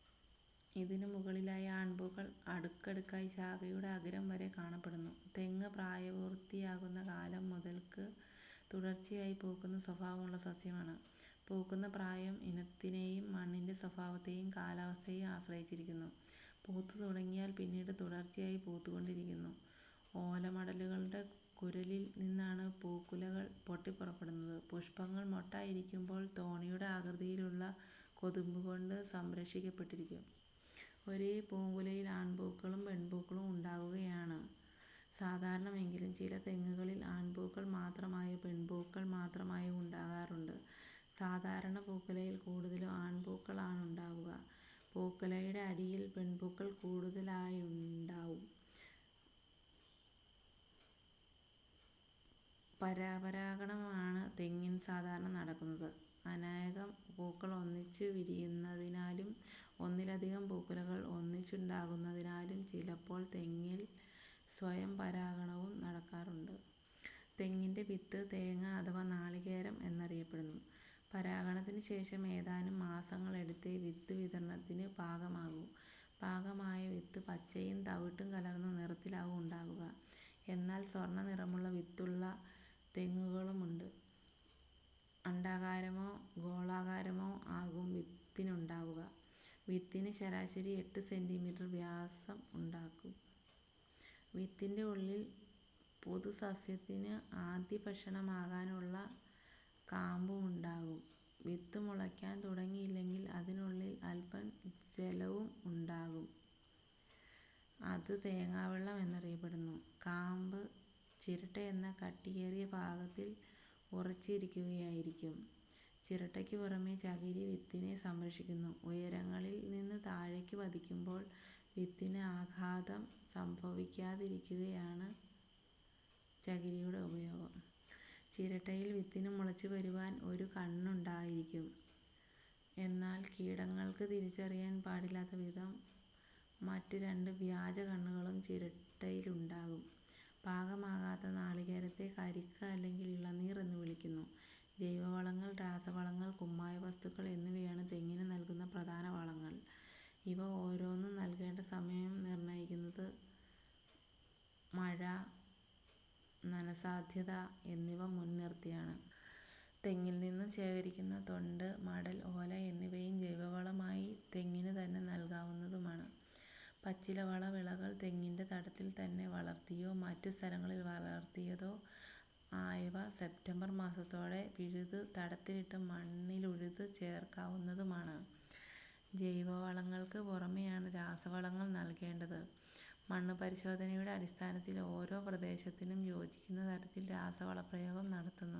ഇതിനു മുകളിലായി ആൺപൂക്കൾ അടുക്കടുക്കായി ശാഖയുടെ അഗ്രം വരെ കാണപ്പെടുന്നു. തെങ്ങ് പ്രായപൂർത്തിയാകുന്ന കാലം മുതൽക്ക് തുടർച്ചയായി പൂക്കുന്ന സ്വഭാവമുള്ള സസ്യമാണ്. പൂക്കുന്ന പ്രായം ഇനത്തിനേയും മണ്ണിന്റെ സ്വഭാവത്തേയും കാലാവസ്ഥയേയും ആശ്രയിച്ചിരിക്കുന്നു. പൂത്തുതുടങ്ങിയാൽ പിന്നീട് തുടർച്ചയായി പൂത്തുകൊണ്ടിരിക്കുന്നു. ഓലമടലുകളുടെ കുരലിൽ നിന്നാണ് പൂക്കുലകൾ പൊട്ടിപ്പുറപ്പെടുന്നത്. പുഷ്പങ്ങൾ മൊട്ടായിരിക്കുമ്പോൾ തോണിയുടെ ആകൃതിയിലുള്ള കൊതുമ്പുകൊണ്ട് സംരക്ഷിക്കപ്പെട്ടിരിക്കും. ഒരേ പൂങ്കുലയിൽ ആൺപൂക്കളും പെൺപൂക്കളും ഉണ്ടാകുകയാണ് സാധാരണമെങ്കിലും ചില തെങ്ങുകളിൽ ആൺപൂക്കൾ മാത്രമായോ പെൺപൂക്കൾ മാത്രമായോ ഉണ്ടാകാറുണ്ട്. സാധാരണ പൂക്കുലയിൽ കൂടുതലും ആൺപൂക്കളാണുണ്ടാവുക. പൂക്കുലയുടെ അടിയിൽ പെൺപൂക്കൾ കൂടുതലായുണ്ടാവും. പരപരാഗണമാണ് തെങ്ങിൽ സാധാരണ നടക്കുന്നത്. അനേകം പൂക്കൾ ഒന്നിച്ചുവിരിയുന്നതിനാലും ഒന്നിലധികം പൂക്കുലകൾ ഒന്നിച്ചുണ്ടാകുന്നതിനാലും ചിലപ്പോൾ തെങ്ങിൽ സ്വയംപരാഗണവും നടക്കാറുണ്ട്. തെങ്ങിന്റെ വിത്ത് തേങ്ങ അഥവാ നാളികേരം എന്നറിയപ്പെടുന്നു. പരാഗണത്തിനു ശേഷം ഏതാനും മാസങ്ങൾ എടുത്തേ വിത്ത് വിതരണത്തിനു പാകമാകൂ. പാകമായ വിത്ത് പച്ചയും തവിട്ടും കലർന്ന നിറത്തിലാവും ഉണ്ടാവുക. എന്നാൽ സ്വർണ്ണനിറമുള്ള വിത്തുള്ള തെങ്ങുകളും ഉണ്ട്. അണ്ഡാകാരമോ ഗോളാകാരമോ ആകും വിത്തിനുണ്ടാവുക. വിത്തിന് ശരാശരി എട്ട് സെന്റീമീറ്റർ വ്യാസം ഉണ്ടാകും. വിത്തിന്റെ ഉള്ളിൽ പുതുസസ്യത്തിനു ആദ്യഭക്ഷണമാകാനുള്ള കാമ്പുമുണ്ടാകും വിത്ത് മുളക്കാൻ തുടങ്ങിയില്ലെങ്കിൽ അതിനുള്ളിൽ അല്പം ജലവും ഉണ്ടാകും. അത് തേങ്ങാവെള്ളം എന്നറിയപ്പെടുന്നു. കാമ്പ് ചിരട്ടയെന്ന കട്ടിയേറിയ ഭാഗത്തിൽ ഉറച്ചിരിക്കുകയായിരിക്കും. ചിരട്ടക്കു പുറമേ ചകിരി വിത്തിനെ സംരക്ഷിക്കുന്നു. ഉയരങ്ങളിൽ നിന്ന് താഴേക്കു പതിക്കുമ്പോൾ വിത്തിന് ആഘാതം സംഭവിക്കാതിരിക്കുകയാണ് ചകിരിയുടെ ഉപയോഗം. ചിരട്ടയിൽ വിത്തിനു മുളച്ചുവരുവാൻ ഒരു കണ്ണുണ്ടായിരിക്കും. എന്നാൽ കീടങ്ങൾക്ക് തിരിച്ചറിയാൻ പാടില്ലാത്തവിധം മറ്റുരണ്ട് വ്യാജകണ്ണുകളും ചിരട്ടയിലുണ്ടാകും. പാകമാകാത്ത നാളികേരത്തെ കരിക്ക് അല്ലെങ്കിൽ ഇളനീർ എന്നു വിളിക്കുന്നു. ജൈവവളങ്ങൾ, രാസവളങ്ങൾ, കുമ്മായ വസ്തുക്കൾ എന്നിവയാണ് തെങ്ങിന് നൽകുന്ന പ്രധാന വളങ്ങൾ. ഇവ ഓരോന്നും നൽകേണ്ട സമയം നിർണ്ണയിക്കുന്നത്; മഴ, നനസാധ്യത എന്നിവ മുൻനിർത്തിയാണ്. തെങ്ങിൽ നിന്നും ശേഖരിക്കുന്ന തൊണ്ട്, മടൽ, ഓല എന്നിവയും ജൈവവളമായി തെങ്ങിനുതന്നെ നൽകാവുന്നതുമാണ്. പച്ചിലവള വിളകൾ തെങ്ങിന്റെ തടത്തിൽ തന്നെ വളർത്തിയോ മറ്റു സ്ഥലങ്ങളിൽ വളർത്തിയതോ ആയവ സെപ്റ്റംബർ മാസത്തോടെ പിഴുത് തടത്തിലിട്ട് മണ്ണിലുഴുത് ചേർക്കാവുന്നതുമാണ്. ജൈവവളങ്ങൾക്ക് പുറമേയാണ് രാസവളങ്ങൾ നൽകേണ്ടത്. മണ്ണുപരിശോധനയുടെ അടിസ്ഥാനത്തിൽ ഓരോ പ്രദേശത്തിനും യോജിക്കുന്ന തരത്തിൽ രാസവളപ്രയോഗം നടത്തുന്നു.